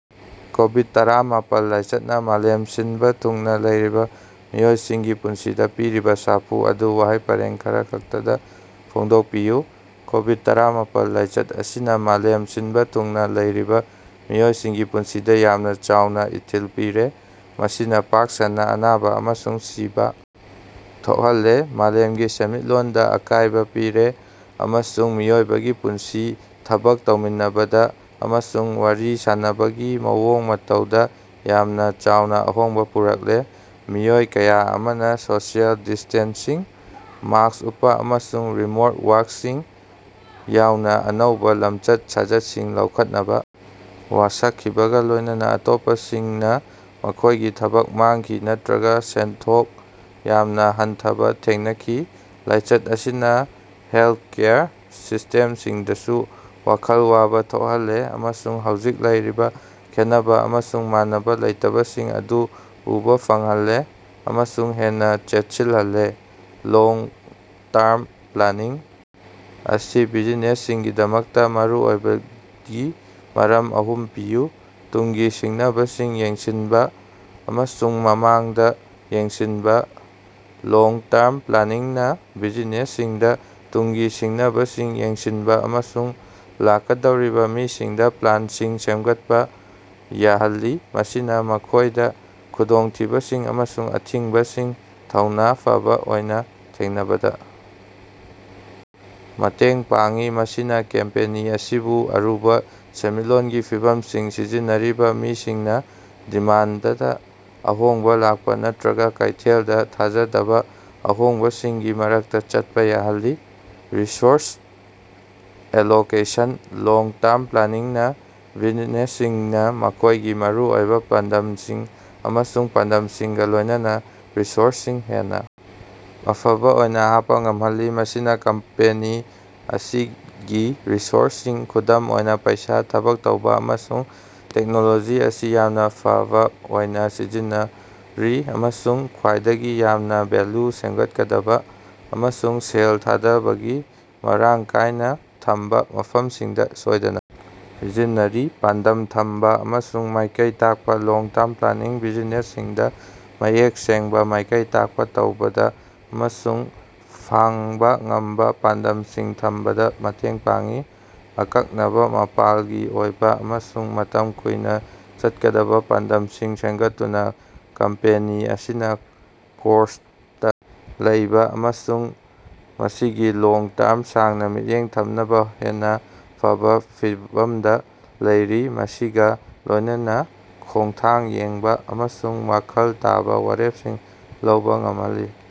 ꯀꯣꯕꯤꯗ-ꯇꯔꯥꯃꯥꯄꯜ ꯂꯥꯏꯆꯠꯅ ꯃꯥꯂꯦꯝ ꯁꯤꯟꯕ ꯊꯨꯡꯅ ꯂꯩꯔꯤꯕ ꯃꯤꯑꯣꯏꯁꯤꯡꯒꯤ ꯄꯨꯟꯁꯤꯗ ꯄꯤꯔꯤꯕ ꯁꯥꯐꯨ ꯑꯗꯨ ꯋꯥꯍꯩ ꯈꯔꯈꯛꯇꯗ ꯐꯣꯡꯗꯣꯛꯄꯤꯌꯨ꯫ ꯀꯣꯕꯤꯗ-ꯇꯔꯥꯃꯥꯄꯜ ꯂꯥꯏꯆꯠ ꯑꯁꯤꯅꯥ ꯃꯥꯂꯦꯝ ꯁꯤꯟꯕ ꯊꯨꯡꯅ ꯂꯩꯔꯤꯕ ꯃꯤꯑꯣꯏꯁꯤꯡꯒꯤ ꯄꯨꯟꯁꯤꯗ ꯌꯥꯝꯅ ꯆꯥꯎꯅ ꯏꯊꯤꯜ ꯄꯤꯔꯦ꯫ ꯃꯁꯤꯅꯥ ꯄꯥꯛ ꯁꯟꯅ ꯑꯅꯥꯕ ꯑꯃꯁꯨꯡ ꯁꯤꯕꯥ ꯊꯣꯛꯍꯜꯂꯦ ꯃꯥꯂꯦꯝꯒꯤ ꯁꯦꯟꯃꯤꯠꯂꯣꯟꯗ ꯑꯀꯥꯢꯕ ꯄꯤꯔꯦ ꯑꯃꯁꯨꯡ ꯃꯤꯑꯣꯏꯕꯒꯤ ꯄꯨꯟꯁꯤ ꯊꯕꯛ ꯇꯧꯃꯤꯟꯅꯕꯗ ꯑꯃꯁꯨꯡ ꯋꯥꯔꯤ ꯁꯥꯅꯕꯒꯤ ꯃꯑꯣꯡ ꯃꯇꯧꯗꯥ ꯌꯥꯝꯅꯥ ꯆꯥꯎꯅꯥ ꯑꯍꯣꯡꯕꯥ ꯄꯨꯔꯛꯂꯦ꯫ ꯃꯤꯑꯣꯏ ꯀꯌꯥ ꯑꯃꯅ ꯁꯣꯁꯤꯑꯦꯜ ꯗꯤꯁꯇꯦꯟꯁꯤꯡ, ꯃꯥꯛꯁ ꯎꯞꯄꯥ ꯑꯃꯁꯨꯡ ꯔꯤꯃꯣꯠ ꯋꯥꯔ꯭ꯀꯁꯤꯡ ꯌꯥꯎꯅ ꯑꯅꯧꯕ ꯂꯝꯆꯠ-ꯁꯥꯖꯠꯁꯤꯡ ꯂꯧꯈꯠꯅꯕ ꯋꯥꯁꯛꯈꯤꯕꯒ ꯂꯣꯢꯅꯅ ꯑꯇꯣꯞꯄꯁꯤꯡꯅ ꯃꯈꯣꯢꯒꯤ ꯊꯕꯛ ꯃꯥꯡꯈꯤ ꯅꯠꯇ꯭ꯔꯒ ꯁꯦꯟꯊꯣꯛ ꯌꯥꯝꯅ ꯍꯟꯊꯕ ꯊꯦꯡꯅꯈꯤ꯫ ꯂꯥꯏꯆꯠ ꯑꯁꯤꯅ ꯍꯦꯜꯊꯀꯦꯌꯔ ꯁꯤꯁꯇꯦꯝꯁꯤꯡꯗꯁꯨ ꯋꯥꯈꯜ ꯋꯥꯕ ꯊꯣꯛꯍꯜꯂꯦ ꯑꯃꯁꯨꯡ ꯍꯧꯖꯤꯛ ꯂꯩꯔꯤꯕꯥ ꯈꯦꯟꯅꯕ ꯑꯃꯁꯨꯡ ꯃꯥꯟꯅꯕ ꯂꯩꯇꯕꯁꯤꯡ ꯑꯗꯨ ꯎꯕ ꯐꯪꯍꯜꯂꯦ ꯑꯃꯁꯨꯡ ꯍꯦꯟꯅ ꯆꯦꯠꯁꯤꯜꯍꯜꯂꯦ꯫ ꯂꯣꯡ-ꯇꯔꯝ ꯄ꯭ꯂꯥꯅꯤꯡ ꯑꯁꯤ ꯕꯤꯖꯤꯅꯦꯁꯁꯤꯡꯒꯤꯗꯃꯛꯇ ꯃꯔꯨꯑꯣꯏꯕꯒꯤ ꯃꯔꯝ ꯑꯍꯨꯝ ꯄꯤꯌꯨ꯫ ꯇꯨꯡꯒꯤ ꯁꯤꯡꯅꯕꯁꯤꯡ ꯌꯦꯡꯁꯤꯟꯕ ꯑꯃꯁꯨꯡ ꯃꯃꯥꯡꯗ ꯌꯦꯡꯁꯤꯟꯕꯥ: ꯂꯣꯡ-ꯇꯔꯝ ꯄ꯭ꯂꯥꯅꯤꯡꯅ ꯕꯤꯖꯤꯅꯦꯁꯁꯤꯡꯗ ꯇꯨꯡꯒꯤ ꯁꯤꯡꯅꯕꯁꯤꯡ ꯌꯦꯡꯁꯤꯟꯕ ꯑꯃꯁꯨꯡ ꯂꯥꯛꯀꯗꯧꯔꯤꯕ ꯃꯤꯁꯤꯡꯗ ꯄ꯭ꯂꯥꯟꯁꯤꯡ ꯁꯦꯝꯒꯠꯄ ꯌꯥꯍꯜꯂꯤ ꯃꯁꯤꯅ ꯃꯈꯣꯢꯗ ꯈꯨꯗꯣꯡꯊꯤꯕꯁꯤꯡ ꯑꯃꯁꯨꯡ ꯑꯊꯤꯡꯕꯁꯤꯡ ꯊꯧꯅ ꯐꯥꯕ ꯑꯣꯏꯅ ꯊꯦꯡꯅꯕꯗ ꯃꯇꯦꯡ ꯄꯥꯡꯏ꯫ ꯃꯁꯤꯅꯥ ꯀꯝꯄꯦꯅꯤ ꯑꯁꯤꯕꯨ ꯑꯔꯨꯕ ꯁꯦꯟꯃꯤꯠꯂꯣꯟꯒꯤ ꯐꯤꯚꯝꯁꯤꯡ ꯁꯤꯖꯤꯟꯅꯔꯤꯕ ꯃꯤꯁꯤꯡꯅ ꯗꯤꯃꯥꯟꯗꯗꯥ ꯑꯍꯣꯡꯕ ꯂꯥꯛꯄ ꯅꯠꯇ꯭ꯔꯒ ꯀꯩꯊꯦꯜꯗ ꯊꯥꯖꯗꯕ ꯑꯍꯣꯡꯕꯁꯤꯡꯒꯤ ꯃꯔꯛꯇ ꯆꯠꯄ ꯌꯥꯍꯜꯂꯤ꯫ ꯔꯤꯁꯣꯔꯁ ꯑꯦꯂꯣꯀꯦꯁꯟ: ꯂꯣꯡ-ꯇꯔꯝ ꯄ꯭ꯂꯥꯅꯤꯡꯅ ꯕꯤꯖꯤꯅꯦꯁꯁꯤꯡꯅ ꯃꯈꯣꯢꯒꯤ ꯃꯔꯨꯑꯣꯏꯕ ꯄꯥꯟꯗꯝꯁꯤꯡ ꯑꯃꯁꯨꯡ ꯄꯥꯟꯗꯝꯁꯤꯡꯒ ꯂꯣꯢꯅꯅꯥ ꯔꯤꯁꯣꯔꯁꯁꯤꯡ ꯍꯦꯟꯅ ꯑꯐꯕ ꯑꯣꯏꯅ ꯍꯥꯞꯄ ꯉꯝꯍꯜꯂꯤ꯫ ꯃꯁꯤꯅ ꯀꯝꯄꯦꯅꯤ ꯑꯁꯤꯒꯤ ꯔꯤꯁꯣꯔꯁꯁꯤꯡ ꯈꯨꯗꯝ ꯑꯣꯏꯅ ꯄꯩꯁꯥ, ꯊꯕꯛ ꯇꯧꯕ ꯑꯃꯁꯨꯡ ꯇꯦꯛꯅꯣꯂꯣꯖꯤ ꯑꯁꯤ ꯌꯥꯝꯅ ꯐꯥꯕ ꯑꯣꯏꯅꯥ ꯁꯤꯖꯤꯟꯅꯔꯤ ꯑꯃꯁꯨꯡ ꯈ꯭ꯋꯥꯏꯗꯒꯤ ꯌꯥꯝꯅ ꯚꯦꯜꯌꯨ ꯁꯦꯝꯒꯠꯀꯗꯕ ꯑꯃꯁꯨꯡ ꯁꯦꯜ ꯊꯥꯗꯕꯒꯤ ꯃꯔꯥꯡ ꯀꯥꯏꯅ ꯊꯝꯕ ꯃꯐꯝꯁꯤꯡꯗ ꯁꯣꯏꯗꯅ ꯁꯤꯖꯤꯟꯅꯔꯤ꯫ ꯄꯥꯟꯗꯝ ꯊꯝꯕ ꯑꯃꯁꯨꯡ ꯃꯥꯏꯀꯩ ꯇꯥꯛꯄ: ꯂꯣꯡ-ꯇꯔꯝ ꯄ꯭ꯂꯥꯅꯤꯡꯅ ꯕꯤꯖꯤꯅꯦꯁꯁꯤꯡꯗ ꯃꯌꯦꯛ ꯁꯦꯡꯕ ꯃꯥꯏꯀꯩ ꯇꯥꯛꯄ ꯇꯧꯕꯗ ꯑꯃꯁꯨꯡ ꯐꯪꯕꯥ ꯉꯝꯕ ꯄꯥꯟꯗꯝꯁꯤꯡ ꯊꯝꯕꯗ ꯃꯇꯦꯡ ꯄꯥꯡꯏ꯫ ꯑꯀꯛꯅꯕ ꯃꯥꯄꯥꯜꯒꯤ ꯑꯣꯏꯕ ꯑꯃꯁꯨꯡ ꯃꯇꯝ ꯀꯨꯏꯅ ꯆꯠꯀꯗꯕ ꯄꯥꯟꯗꯝꯁꯤꯡ ꯁꯦꯝꯒꯠꯇꯨꯅ ꯀꯝꯄꯦꯅꯤ ꯑꯁꯤꯅ ꯀꯣꯔꯁꯇ ꯂꯩꯕꯥ ꯑꯃꯁꯨꯡ ꯃꯁꯤꯒꯤ ꯂꯣꯡ-ꯇꯔꯝ ꯁꯥꯡꯅ ꯃꯤꯠꯌꯦꯡ ꯊꯝꯅꯕ ꯍꯦꯟꯅ ꯐꯕ ꯐꯤꯚꯝꯗ ꯂꯩꯔꯤ ꯃꯁꯤꯒꯥ ꯂꯣꯢꯅꯅꯥ ꯈꯣꯡꯊꯥꯡ ꯌꯦꯡꯕ ꯑꯃꯁꯨꯡ ꯋꯥꯈꯜ ꯇꯥꯕꯥ ꯋꯥꯔꯦꯞꯁꯤꯡ ꯂꯧꯕꯥ ꯉꯝꯍꯜꯂꯤ꯫